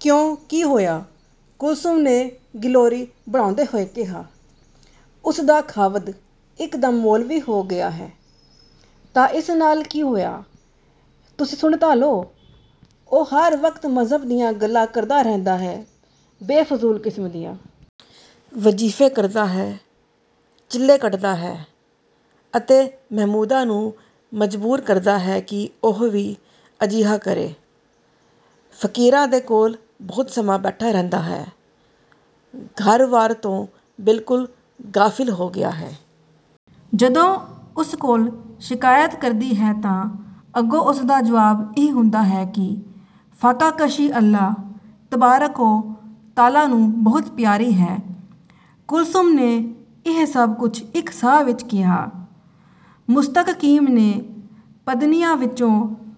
ਕਿਉਂ ਕੀ ਹੋਇਆ? ਕੁਲਸੁਮ ਨੇ ਗਿਲੋਰੀ ਬਣਾਉਂਦੇ ਹੋਏ ਕਿਹਾ। "ਉਸ ਦਾ ਖ਼ਾਵੰਦ ਇੱਕ ਦਮ ਮੌਲਵੀ ਹੋ ਗਿਆ ਹੈ। " "ਤਾਂ ਇਸ ਨਾਲ ਕੀ ਹੋਇਆ? " "ਤੁਸੀਂ ਸੁਣ ਤਾਂ ਲਉ, ਉਹ ਹਰ ਵਕਤ ਮਜ਼ਹਬ ਦੀਆਂ ਗੱਲਾਂ ਕਰਦਾ ਰਹਿੰਦਾ ਹੈ, ਬੇਫਜੂਲ ਕਿਸਮ ਦੀਆਂ। ਵਜ਼ੀਫ਼ੇ ਕਰਦਾ ਹੈ, ਚਿੱਲੇ ਕੱਟਦਾ ਹੈ ਅਤੇ ਮਹਿਮੂਦਾ ਨੂੰ ਮਜਬੂਰ ਕਰਦਾ ਹੈ ਕਿ ਉਹ ਵੀ ਅਜਿਹਾ ਕਰੇ। ਫ਼ਕੀਰਾਂ ਦੇ ਕੋਲ ਬਹੁਤ ਸਮਾਂ ਬੈਠਾ ਰਹਿੰਦਾ ਹੈ। ਘਰ ਵਾਰ ਤੋਂ ਬਿਲਕੁਲ ਗ਼ਾਫਿਲ ਹੋ ਗਿਆ ਹੈ। ਜਦੋਂ ਉਸ ਕੋਲ ਸ਼ਿਕਾਇਤ ਕਰਦੀ ਹੈ ਤਾਂ ਅੱਗੋਂ ਉਸਦਾ ਜਵਾਬ ਇਹ ਹੁੰਦਾ ਹੈ ਕਿ ਫ਼ਾਕਾਕਸ਼ੀ ਅੱਲ੍ਹਾ ਤਬਾਰਕ-ਓ-ਤਾਲਾ ਨੂੰ ਬਹੁਤ ਪਿਆਰੀ ਹੈ। "ਕੁਲਸੁਮ ਨੇ ਇਹ ਸਭ ਕੁੱਝ ਇੱਕ ਸਾਹ ਵਿੱਚ ਕਿਹਾ। ਮੁਸਤਕੀਮ ਨੇ ਪੰਦਨੀਆ ਵਿੱਚੋਂ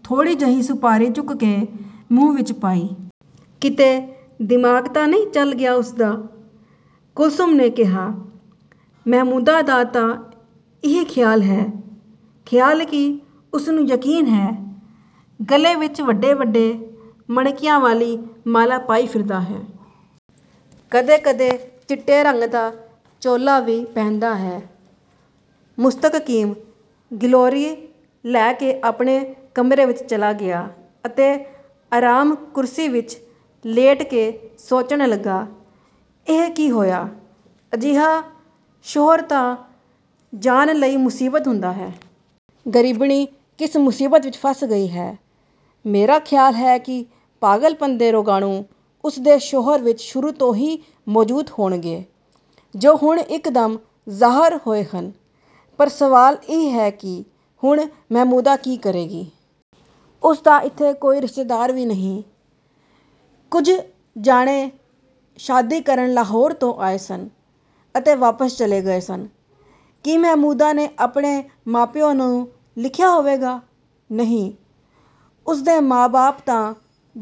ਥੋੜ੍ਹੀ ਜਹੀ ਸੁਪਾਰੀ ਚੁੱਕ ਕੇ ਮੂੰਹ ਵਿੱਚ ਪਾਈ। "ਕਿਤੇ ਦਿਮਾਗ਼ ਤਾਂ ਨਹੀਂ ਚੱਲ ਗਿਆ ਉਸ ਦਾ? " ਕੁਲਸੁਮ ਨੇ ਕਿਹਾ। "ਮਹਿਮੂਦਾ ਦਾ ਤਾਂ ਇਹੀ ਖ਼ਿਆਲ ਹੈ। ਖ਼ਿਆਲ ਕੀ, ਉਸ ਨੂੰ ਯਕੀਨ ਹੈ। ਗਲੇ ਵਿੱਚ ਵੱਡੇ-ਵੱਡੇ ਮਣਕਿਆਂ ਵਾਲੀ ਮਾਲਾ ਪਾਈ ਫਿਰਦਾ ਹੈ। ਕਦੇ-ਕਦੇ ਚਿੱਟੇ ਰੰਗ ਦਾ ਚੋਲਾ ਵੀ ਪਹਿਨਦਾ ਹੈ। "ਮੁਸਤਕੀਮ ਗਿਲੋਰੀ ਲੈ ਕੇ ਆਪਣੇ ਕਮਰੇ ਵਿੱਚ ਚਲਾ ਗਿਆ ਅਤੇ ਆਰਾਮ ਕੁਰਸੀ ਵਿੱਚ ਲੇਟ ਕੇ ਸੋਚਣ ਲਗਾ। "ਇਹ ਕੀ ਹੋਇਆ? ਅਜਿਹਾ ਸ਼ੌਹਰ ਤਾਂ ਜਾਨ ਲਈ ਮੁਸੀਬਤ ਹੁੰਦਾ ਹੈ। ਗ਼ਰੀਬਣੀ ਕਿਸ ਮੁਸੀਬਤ ਵਿੱਚ ਫਸ ਗਈ ਹੈ। ਮੇਰਾ ਖ਼ਿਆਲ ਹੈ ਕਿ ਪਾਗਲਪਨ ਦੇ ਰੋਗਾਣੂ ਉਸ ਦੇ ਸ਼ੌਹਰ ਵਿੱਚ ਸ਼ੁਰੂ ਤੋਂ ਹੀ ਮੌਜੂਦ ਹੋਣਗੇ ਜੋ ਹੁਣ ਇੱਕ ਦਮ ਜ਼ਾਹਰ ਹੋਏ ਹਨ। ਪਰ ਸਵਾਲ ਇਹ ਹੈ ਕਿ ਹੁਣ ਮਹਿਮੂਦਾ ਕੀ ਕਰੇਗੀ। ਉਸ ਦਾ ਇੱਥੇ ਕੋਈ ਰਿਸ਼ਤੇਦਾਰ ਵੀ ਨਹੀਂ। ਕੁੱਝ ਜਾਣੇ ਸ਼ਾਦੀ ਕਰਨ ਲਾਹੌਰ ਤੋਂ ਆਏ ਸਨ ਅਤੇ ਵਾਪਸ ਚਲੇ ਗਏ ਸਨ। ਕੀ ਮਹਿਮੂਦਾ ਨੇ ਆਪਣੇ ਮਾਂ-ਪਿਉ ਨੂੰ ਲਿਖਿਆ ਹੋਵੇਗਾ? ਨਹੀਂ, ਉਸ ਦੇ ਮਾਂ ਬਾਪ ਤਾਂ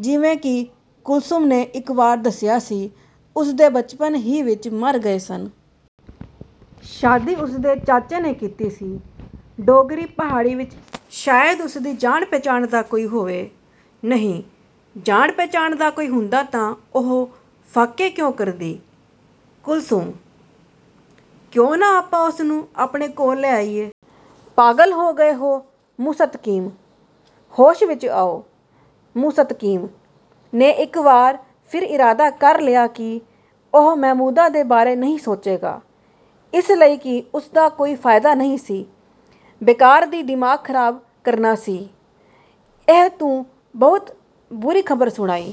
ਜਿਵੇਂ ਕਿਿ ਕੁਲਸੁਮ ਨੇ ਇੱਕ ਵਾਰ ਦਸਿਆ ਸੀ ਉਸ ਦੇ ਬਚਪਨ ਹੀ ਵਿੱਚ ਮਰ ਗਏ ਸਨ। ਸ਼ਾਦੀ ਉਸ ਦੇ ਚਾਚੇ ਨੇ ਕੀਤੀ ਸੀ। ਡੋਂਗਰੀ ਪਹਾੜੀ ਵਿੱਚ ਸ਼ਾਇਦ ਉਸ ਦੀ ਜਾਣ ਪਹਿਚਾਣ ਦਾ ਕੋਈ ਹੋਵੇ। ਨਹੀਂ, ਜਾਣ ਪਹਿਚਾਣ ਦਾ ਕੋਈ ਹੁੰਦਾ ਤਾਂ ਉਹ ਫ਼ਾਕੇ ਕਿਉਂ ਕਰਦੀ? ਕੁਲਸੁਮ ਕਿਉਂ ਨਾ ਆਪਾ ਉਸਨੂੰ ਆਪਣੇ ਕੋਲ ਲੈ ਆਇਏ। ਪਾਗਲ ਹੋ ਗਏ ਹੋ ਮੁਸਤਕੀਮ? ਹੋਸ਼ ਵਿੱਚ ਆਓ। " ਮੁਸਤਕੀਮ ਨੇ ਇੱਕ ਵਾਰ ਫਿਰ ਇਰਾਦਾ ਕਰ ਲਿਆ ਕਿ ਉਹ ਮਹਿਮੂਦਾ ਦੇ ਬਾਰੇ ਨਹੀਂ ਸੋਚੇਗਾ, ਇਸ ਲਈ ਕਿ ਉਸ ਦਾ ਕੋਈ ਫ਼ਾਇਦਾ ਨਹੀਂ ਸੀ, ਬੇਕਾਰ ਦੀ ਦਿਮਾਗ ਖਰਾਬ ਕਰਨਾ ਸੀ। "ਇਹ ਤੂੰ ਬਹੁਤ ਬੁਰੀ ਖ਼ਬਰ ਸੁਣਾਈ।